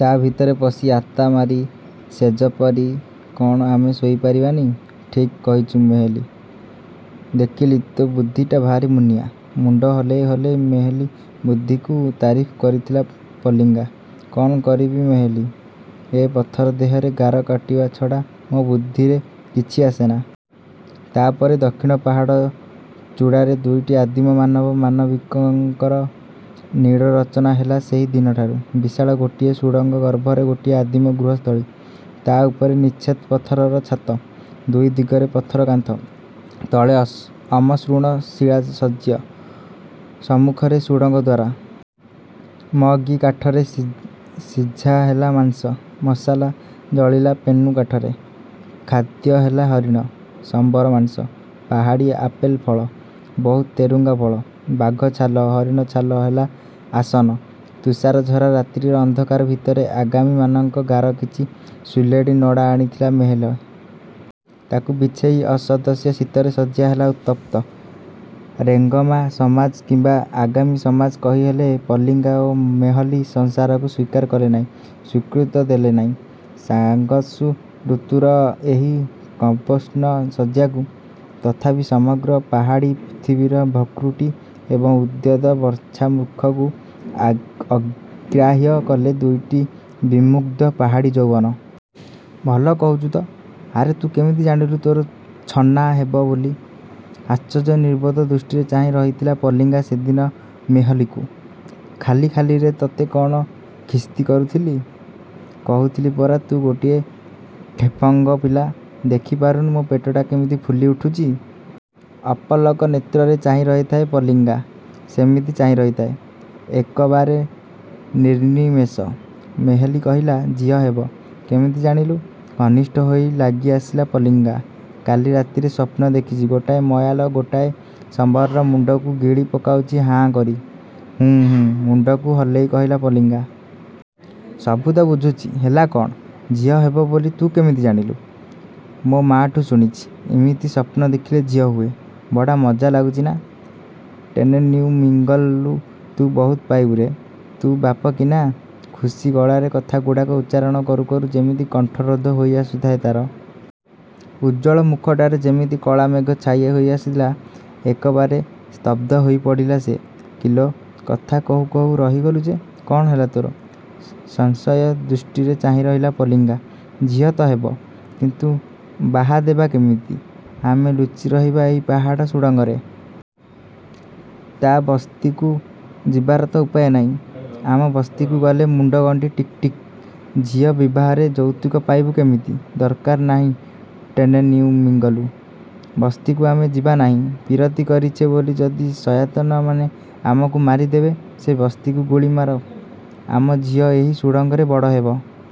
ତା ଭିତରେ ପଶି ଆତାମାରୀ ଶେଯ ପାରି କ'ଣ ଆମେ ଶୋଇପାରିବା ନି? –ଠିକ୍ କହିଚୁ ମେହେଲୀ। ଦେଖିଲି, ତୋ ବୁଦ୍ଧିଟା ଭାରି ମୁନିଆଁ। ମୁଣ୍ଡ ହଲେଇ ହଲେଇ ମେହେଲୀ ବୁଦ୍ଧିକୁ ତାରିଫ କରିଥିଲା ପଲିଙ୍ଗା। କ'ଣ କରିବି ମେହେଲୀ। ଏ ପଥର ଦେହରେ ଗାର କାଟିବା ଛଡ଼ା, ମୋ ବୁଦ୍ଧିରେ କିଛି ଆସେନା। ତା ପରେ ଦକ୍ଷିଣ ପାହାଡ଼ ଚୂଡ଼ାରେ ଦୁଇଟି ଆଦିମ ମାନବ ମାନବିକଙ୍କର ନୀଡ଼ ରଚନା ହେଲା ସେହି ଦିନଠାରୁ। ବିଶାଳ ଗୋଟିଏ ସୁଡ଼ଙ୍ଗଗର୍ଭରେ ଗୋଟିଏ ଆଦିମ ଗୃହସ୍ଥଳୀ। ତା ଉପରେ ନିଚ୍ଛେଦ ପଥରରଛାତ। ଦୁଇ ଦିଗରେ ପଥର କାନ୍ଥ। ତଳେ ଅସ ଅମସୃଣ ଶିଆଶଯ୍ୟ। ସମ୍ମୁଖରେ ସୁଡ଼ଙ୍ଗଦ୍ୱାର। ମ-ଗି କାଠରେ ଶି ଶିଝା ହେଲା ମାଂସ, ମଶାଲ ଜଳିଲା ପେନୁ କାଠରେ। ଖାଦ୍ୟ ହେଲା ହରିଣ, ସମ୍ବର ମାଂସ, ପାହାଡ଼ୀ ଆପେଲ ଫଳ, ବହୁତ ତେରୁଙ୍ଗା ଫଳ। ବାଘ ଛାଲ, ହରିଣ ଛାଲ ହେଲା ଆସନ। ତୁଷାରଝରା ରାତ୍ରିର ଅନ୍ଧକାର ଭିତରେ ଆଗାମୀମାନଙ୍କ ଗାର କିଛି ସୁଲେଡ଼ି ନଡ଼ା ଆଣିଥିଲା ମେହେଲ। ତାକୁ ବିଛେଇ ଅସତ ସେ ଶୀତରେ ଶଯ୍ୟା ହେଲା ଉତ୍ତପ୍ତ। ରେଂଗମା ସମାଜ କିମ୍ବା ଆଗାମୀ ସମାଜ କେହିହେଲେ ପଲିଂଗା ଓ ମେହଲୀ ସଂସାରରୁ ସ୍ୱୀକାର କରେ ନାହିଁ, ସ୍ୱୀକୃତ ଦେଲେ ନାହିଁ ସାଂଗସୁ ଋତୁର ଏହି କମ୍ପୋଷ୍ଣ ଶଯ୍ୟାକୁ। ତଥାପି ସମଗ୍ର ପାହାଡ଼ୀ ପୃଥିବୀର ଭକ୍ରୁଟି ଏବଂ ଉଦ୍ୟତ ବର୍ଚ୍ଛାମୁଖକୁ ଆ ଅଗ୍ରାହ୍ୟ କଲେ ଦୁଇଟି ବିମୁଗ୍ଧ ପାହାଡ଼ୀ ଯୌବନ। –ଭଲ କହୁଚୁ ତ? ଆରେ ତୁ କେମିତି ଜାଣିଲୁ ତୋର ଛନା ହେବ ବୋଲି। ଆଚର୍ଯ୍ୟ ନିର୍ବୋଧ ଦୃଷ୍ଟିରେ ଚାହିଁ ରହିଥିଲା ପଲିଂଗା ସେଦିନ ମେହଲୀକୁ। –ଖାଲି ଖାଲିରେ ତତେ କ'ଣ ଖିସ୍ତି କରୁଥିଲି? କହୁଥିଲି ପରା ତୁ ଗୋଟାଏ ଠେଫଗଂ ପିଲା! ଦେଖିପାରୁନୁ ମୋ ପେଟଟା କିମିତି ଫୁଲି ଉଠୁଚି? ଅପଲକ ନେତ୍ରରେ ଚାହିଁରହିଥାଏ ପଲିଙ୍ଗା। ସେମିତି ଚାହିଁ ରହିଥାଏ, ଏକବାରେ ନିର୍ନିମେଷ। ମେହଲୀ କହିଲା, ଝିଅ ହେବ। କେମିତି ଜାଣିଲୁ? ଘନିଷ୍ଠ ହୋଇ ଲାଗିଆସିଲା ପଲିଂଗା। –କାଲି ରାତିରେ ସ୍ୱପ୍ନ ଦେଖିଚି ଗୋଟାଏ ମୟାଲ ଗୋଟାଏ ସମ୍ବରର ମୁଣ୍ଡକୁ ଗିଳି ପକାଉଚି ହାଁକରି। ''ହୁଁ ହୁଁ''-ମୁଣ୍ଡକୁ ହଲେଇ କହିଲା ପଲିଂଗା। -ସବୁ ତ ବୁଝୁଚି, ହେଲା କ'ଣ, ଝିଅ ହେବ ବୋଲି ତୁ କେମିତି ଜାଣିଲୁ? –ମୋ ମା'ଠୁ ଶୁଣିଚି, ଇମିତି ସ୍ୱପ୍ନ ଦେଖିଲେ ଝିଅ ହୁଏ। ବଡା ମଜା ଲାଗୁଚି ନା? ଟେନେନ୍ୟୁ ମିଂଗଲୁ ତୁ ବହୁତ ପାଇବୁ ରେ। ତୁ ବାପ କିନା! ଖୁସି ଗଳାରେ କଥାଗୁଡ଼ାକ ଉଚ୍ଚାରଣ କରୁ କରୁ ଯେମିତି କଣ୍ଠରୋଧ ହୋଇଆସୁଥାଏ ତାର। ଉଜ୍ଜ୍ୱଳ ମୁଖଟାରେ ଯେମିତି କଳା ମେଘ ଛାଇ ହୋଇଆସିଲା। ଏକବାରେ ସ୍ତବ୍ଧ ହୋଇପଡ଼ିଲା ସେ। –କିଲୋ, କଥା କହୁ କହୁ ରହିଗଲୁ ଯେ! କ'ଣ ହେଲା ତୋର? ସ ସଂଶୟ ଦୃଷ୍ଟିରେ ଚାହିଁରହିଲା ପଲିଙ୍ଗା। –ଝିଅ ତ ହେବ, କିନ୍ତୁ ବାହା ଦେବା କେମିତି? ଆମେ ଲୁଚିରହିବା ଏହି ପାହାଡ଼ ସୁଡ଼ଙ୍ଗରେ। ତା ବସ୍ତିକୁ ଯିବାର ତ ଉପାୟ ନାହିଁ। ଆମ ବସ୍ତିକୁ ଗଲେ ମୁଣ୍ଡଗଣ୍ଡି ଟିକ ଟିକ। ଝିଅ ବିବାହରେ ଯଉତୁକ ପାଇବୁ କେମିତି? –ଦରକାର ନାହିଁ ଟେନେନ୍ୟୁ ମିଙ୍ଗଲୁ। ବସ୍ତିକୁ ଆମେ ଯିବା ନାହିଁ। ପୀରତି କରିଛେ ବୋଲି ଯଦି ଶୟତନାମାନେ ଆମକୁ ମାରିଦେବେ ସେ ବସ୍ତିକୁ ଗୁଳି ମାର। ଆମ ଝିଅ ଏହି ସୁଡ଼ଙ୍ଗରେ ବଡ଼ ହେବ।